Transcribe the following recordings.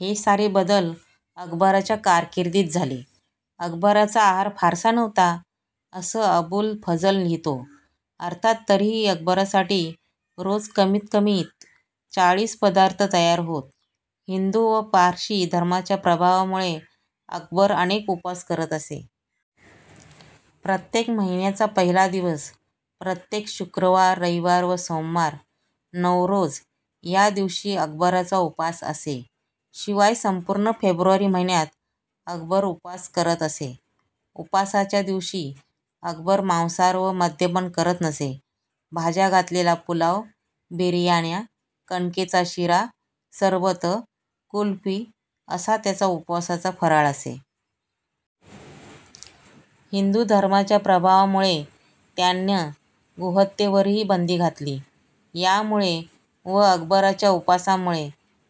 हे सारे बदल अकबराच्या कारकिर्दीत झाले. अकबराचा आहार फारसा नव्हता, असं अबुल फझल लिहितो. अर्थात तरीही अकबरासाठी रोज कमीत कमीत चाळीस पदार्थ तयार होत. हिंदू व पारशी धर्माच्या प्रभावामुळे अकबर अनेक उपास करत असे. प्रत्येक महिन्याचा पहिला दिवस, प्रत्येक शुक्रवार, रविवार व सोमवार, नवरोझ या दिवशी अकबराचा उपास असे. शिवाय संपूर्ण फेब्रुवारी महिन्यात अकबर उपास करत असे. उपासाच्या दिवशी अकबर मांसाहार व मद्यपान करत नसे. भाज्या घातलेला पुलाव, बिर्याण्या, कणकेचा शिरा, सरबतं, कुल्फी असा त्याचा उपासाचा फराळ असे. हिंदू धर्माच्या प्रभावामुळे त्यानं गोहत्येवरही बंदी घातली. यामुळे व अकबराच्या उपासांमुळे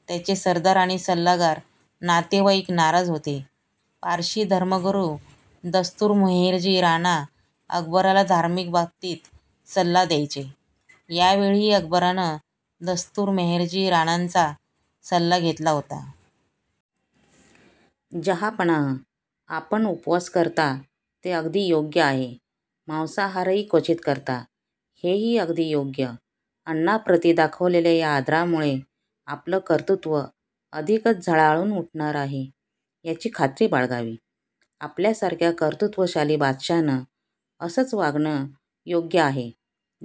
त्याचे सरदार आणि सल्लागार, नातेवाईक नाराज होते. पारशी धर्मगुरू दस्तुर मेहरजी राणा अकबराला धार्मिक बाबतींत सल्ला द्यायचे. यावेळीही अकबरानं दस्तुर मेहरजी राणांचा सल्ला घेतला होता. "जहाँपनाह, आपण उपवास करता ते अगदी योग्य आहे. मांसाहारही क्वचित करता, हेही अगदी योग्य. अन्नाप्रती दाखवलेल्या या आदरामुळे आपलं कर्तृत्व अधिकच झळाळून उठणार आहे, याची खात्री बाळगावी. आपल्यासारख्या कर्तृत्वशाली बादशाहानं असंच वागणं योग्य आहे",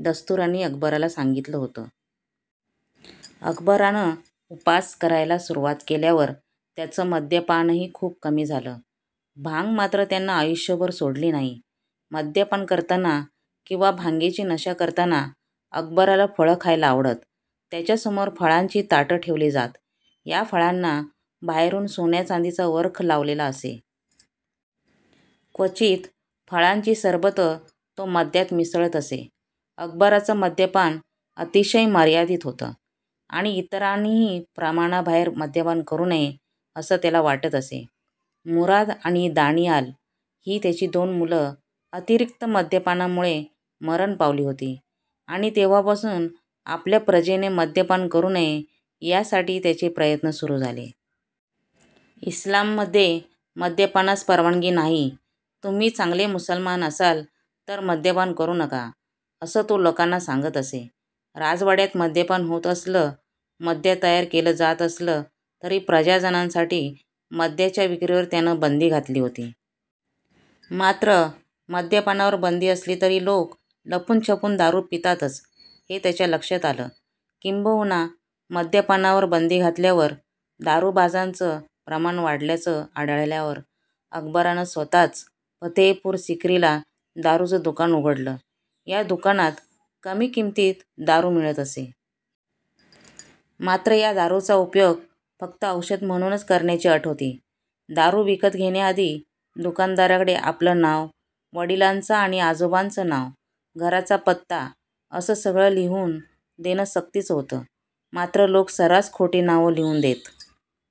दस्तुरांनी अकबराला सांगितलं होतं. अकबरानं उपास करायला सुरुवात केल्यावर त्याचं मद्यपानही खूप कमी झालं. भांग मात्र त्यानं आयुष्यभर सोडली नाही. मद्यपान करताना किंवा भांगेची नशा करताना अकबराला फळं खायला आवडत. त्याच्यासमोर फळांची ताटं ठेवली जात. या फळांना बाहेरून सोन्याचांदीचा वर्ख लावलेला असे. क्वचित फळांची सरबतं तो मद्यात मिसळत असे. अकबराचं मद्यपान अतिशय मर्यादित होतं, आणि इतरांनीही प्रमाणाबाहेर मद्यपान करू नये, असं त्याला वाटत असे. मुराद आणि दानिआल ही त्याची दोन मुलं अतिरिक्त मद्यपानामुळे मरण पावली होती, आणि तेव्हापासून आपल्या प्रजेनं मद्यपान करू नये, यासाठी त्याचे प्रयत्न सुरू झाले. इस्लाममध्ये मद्यपानास परवानगी नाही, तुम्ही चांगले मुसलमान असाल, तर मद्यपान करू नका, असं तो लोकांना सांगत असे. राजवाड्यात मद्यपान होत असलं, मद्य तयार केलं जात असलं तरी प्रजाजनांसाठी मद्याच्या विक्रीवर त्यानं बंदी घातली होती. मात्र मद्यपानावर बंदी असली तरी लोक लपूनछपून दारू पितातच, हे त्याच्या लक्षात आलं. किंबहुना मद्यपानावर बंदी घातल्यावर दारुबाजांचं प्रमाण वाढल्याचं आढळल्यावर अकबरानं स्वत:च फतेहपूर सिक्रीला दारूचं दुकान उघडलं. या दुकानात कमी किमतीत दारू मिळत असे. मात्र या दारूचा उपयोग फक्त औषध म्हणूनच करण्याची अट होती. दारू विकत घेण्याआधी दुकानदाराकडे आपलं नाव, वडिलांचं आणि आजोबांचं नाव, घराचा पत्ता असं सगळं लिहून देणं सक्तीचं होतं. मात्र लोक सर्रास खोटी नावं लिहून देत.